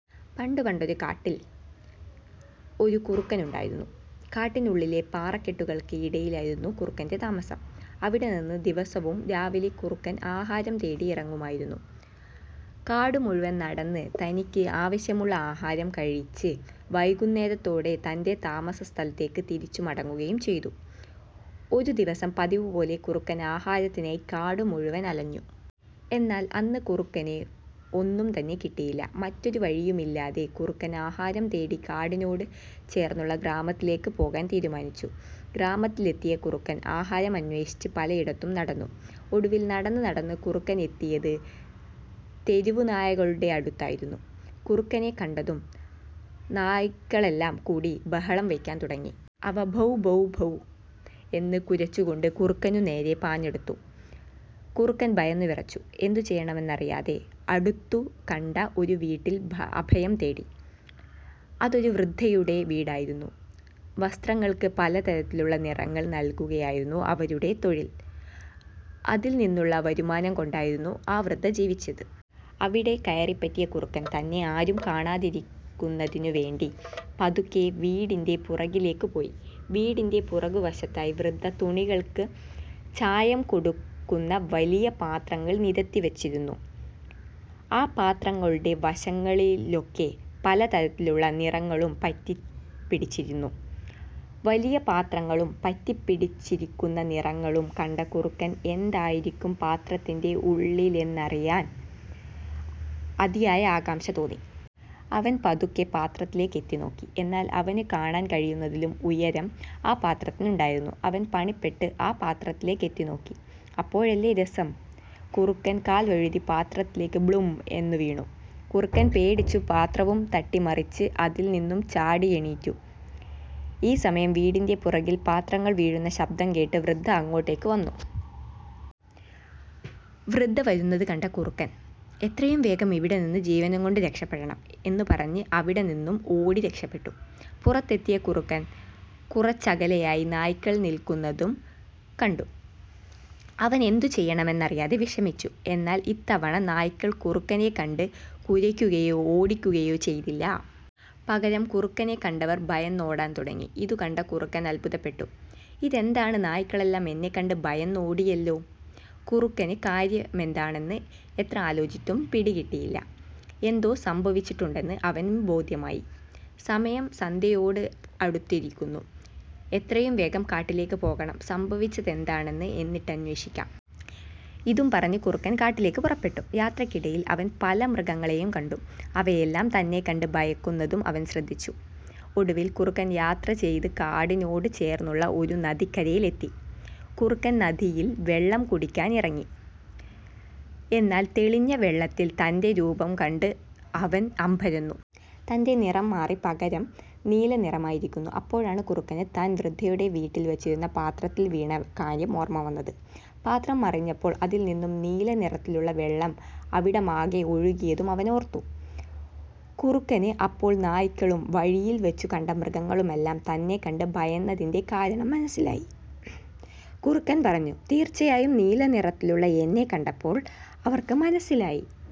പണ്ട് പണ്ടൊരു കാട്ടിൽ ഒരു കുറുക്കൻ ഉണ്ടായിരുന്നു. കാട്ടിനുള്ളിലെ പാറക്കെട്ടുകൾക്ക് ഇടയിലായിരുന്നു കുറുക്കന്റെ താമസം. അവിടെനിന്ന് ദിവസവും രാവിലെ കുറുക്കൻ ആഹാരം തേടി ഇറങ്ങുമായിരുന്നു. കാടു മുഴുവൻ നടന്ന് തനിക്ക് ആവശ്യമുള്ള ആഹാരവും കഴിച്ച് വൈകുന്നേരത്തോടെ തന്റെ താമസസ്ഥലത്തേക്ക് തിരിച്ചു മടങ്ങുകയും ചെയ്തു. ഒരു ദിവസം പതിവുപോലെ കുറുക്കൻ ആഹാരത്തിനായി കാടു മുഴുവൻ അലഞ്ഞു. എന്നാൽ അന്ന് കുറുക്കന് ഒന്നും തന്നെ കിട്ടിയില്ല. മറ്റൊരു വഴിയുമില്ലാതെ കുറുക്കൻ ആഹാരം തേടി കാടിനോട് ചേർന്നുള്ള ഗ്രാമത്തിലേക്ക് പോകാൻ തീരുമാനിച്ചു. ഗ്രാമത്തിലെത്തിയ കുറക്കൻ ആഹാരം അന്വേഷിച്ച് പലയിടത്തും നടന്നു. ഒടുവിൽ നടന്നു നടന്ന് കുറുക്കൻ എത്തിയത് തെരുവു നായ്ക്കളുടെ അടുത്തായിരുന്നു. കുറുക്കനെ കണ്ടതും നായ്ക്കളെല്ലാം കൂടി ബഹളം വയ്ക്കാൻ തുടങ്ങി. അവ ബൗ ബൗ ബൗ എന്നു കുരച്ചു കൊണ്ട് കുറുക്കനു നേരെ പാഞ്ഞടുത്തു. കുറുക്കൻ ഭയന്നുവിറച്ചു. എന്തു ചെയ്യണമെന്നറിയാതെ അടുത്തു കണ്ട ഒരു വീട്ടിൽ അഭയം തേടി. അതൊരു വൃദ്ധയുടെ വീടായിരുന്നു. വസ്ത്രങ്ങൾക്ക് പലതരത്തിലുള്ള നിറങ്ങൾ നൽകുകയായിരുന്നു അവരുടെ തൊഴിൽ. അതിൽ നിന്നുള്ള വരുമാനം കൊണ്ടായിരുന്നു ആ വൃദ്ധ ജീവിച്ചത്. അവിടെ കയറിപ്പറ്റിയ കുറുക്കൻ തന്നെ ആരും കാണാതിരിക്കുന്നതിന് വേണ്ടി പതുക്കെ വീടിന്റെ പുറകിലേക്ക് പോയി. വീടിന്റെ പുറകുവശത്തായി വൃദ്ധ തുണികൾക്കു ചായം കൊടുക്കുന്ന വലിയ പാത്രങ്ങൾ നിരത്തി വച്ചിട്ടുണ്ടായിരുന്നു. ആ പാത്രങ്ങളുടെ വശങ്ങളിലൊക്കെ പല തരത്തിലുള്ള നിറങ്ങളും പറ്റിപിടിച്ചിരുന്നു. വലിയപാത്രങ്ങളും പറ്റിപിടിച്ചിരിക്കുന്ന നിറങ്ങളും കണ്ട കുറുക്കന് എന്തായിരിക്കും പാത്രത്തിന്റെ ഉള്ളിലെന്നറിയുവാൻ അതിയായ ആകാംഷ തോന്നി. അവൻ പതുക്കെ പാത്രത്തിലേക്ക് എത്തിനോക്കി. എന്നാൽ അവനു കാണാൻ കഴിയുന്നതിലും ഉയരം ആ പത്രത്തിന് ഉണ്ടായിരുന്നു. അവൻ പണിപ്പെട്ടു ആ പാത്രത്തിലേക്ക് എത്തിനോക്കി. അപ്പോഴല്ലേ രസം കുറുക്കൻ കാൽവഴുതി പാത്രത്തിലേക്ക് ബ്ലും എന്നു വീണു. കുറുക്കൻ പേടിച്ചു പാത്രവും തട്ടിമറിച്ചു അതിൽ നിന്നും ചാടിയെഴുന്നേറ്റു. ഈ സമയം വീടിന്റെ പുറകിൽ പാത്രങ്ങൾ വീഴുന്ന ശബ്ദം കേട്ട വൃദ്ധ അങ്ങോട്ടേക്ക് വന്നു. വൃദ്ധ വരുന്നത് കണ്ട കുറുക്കൻ "എത്രയും വേഗം ഇവിടെ നിന്ന് ജീവനും കൊണ്ട് രക്ഷപ്പെടണം. " എന്നും പറഞ്ഞ് അവിടെ നിന്നും ഓടി രക്ഷപ്പെട്ടു. പുറത്തെത്തിയ കുറുക്കൻ കുറച്ചകലെയായി നായ്ക്കൾ നിൽകുന്നത് കണ്ടു. അവൻ എന്തു ചെയ്യണം എന്നറിയാതെ വിഷമിച്ചു. എന്നാൽ ഇത്തവണ നായ്ക്കൾ കുറുക്കനെ കണ്ടു കുരയ്ക്കുകയോ ഓടിക്കുകയോ ചെയ്തില്ല. പകരം കുറുക്കനെ കണ്ടവർ ഭയന്ന് ഓടാൻ തുടങ്ങി. ഇതുകണ്ട കുറുക്കൻ അത്ഭുതപ്പെട്ടു. "ഇതെന്താണ് നായ്ക്കളെല്ലാം എന്നെ കണ്ട് ഭയന്നോടിയല്ലോ? " കുറുക്കന് കാര്യമെന്താണെന്ന് എത്ര ആലോചിച്ചിട്ടും പിടികിട്ടിയില്ല. എന്തോ സംഭവിച്ചിട്ടുണ്ടെന്ന് അവന് ബോധ്യമായി. "സമയം സന്ധ്യയോട് അടുത്തിരിക്കുന്നു. എത്രയും വേഗം കാട്ടിലേക്ക് പോകണം. സംഭവിച്ചതെന്താണെന്ന് എന്നിട്ട് അന്വേഷിക്കാം. " ഇതും പറഞ്ഞ് കുറുക്കൻ കാട്ടിലേക്ക് പുറപ്പെട്ടു. യാത്രക്കിടയിൽ അവൻ പല മൃഗങ്ങളെയും കണ്ടു. അവയെല്ലാം തന്നെ കണ്ട് ഭയക്കുന്നതും അവൻ ശ്രദ്ധിച്ചു. ഒടുവിൽ കുറുക്കൻ യാത്ര ചെയ്തു കാടിനോട് ചേർന്നുള്ള ഒരു നദിക്കരയിൽ എത്തി. കുറുക്കൻ നദിയിൽ വെള്ളം കുടിക്കാനായിറങ്ങി. എന്നാൽ തെളിഞ്ഞ വെള്ളത്തിൽ തന്റെ രൂപം കണ്ടു അവൻ അമ്പരന്നു. തന്റെ നിറം മാറി പകരം നീല നിറമായിരിക്കുന്നു. അപ്പോഴാണ് കുറുക്കന് താൻ വൃദ്ധയുടെ വീട്ടിൽ വച്ചിരുന്ന പാത്രത്തിൽ വീണ കാര്യം ഓർമ വന്നത്. പാത്രം മറിഞ്ഞപ്പോൾ അതിൽ നിന്നും നീലനിറത്തിലുള്ള വെള്ളം അവിടമാകെ ഒഴുകിയതും അവൻ ഓർത്തു. കുറുക്കന് അപ്പോൾ നായ്ക്കളും വഴിയിൽ വച്ചു കണ്ട മൃഗങ്ങളുമെല്ലാം തന്നെ കണ്ട് ഭയന്നതിന്റെ കാരണം മനസ്സിലായി. കുറുക്കൻ പറഞ്ഞു "തീർച്ചയായും നീലനിറത്തിലുള്ള എന്നെ കണ്ടപ്പോൾ അവർക്ക് മനസ്സിലായി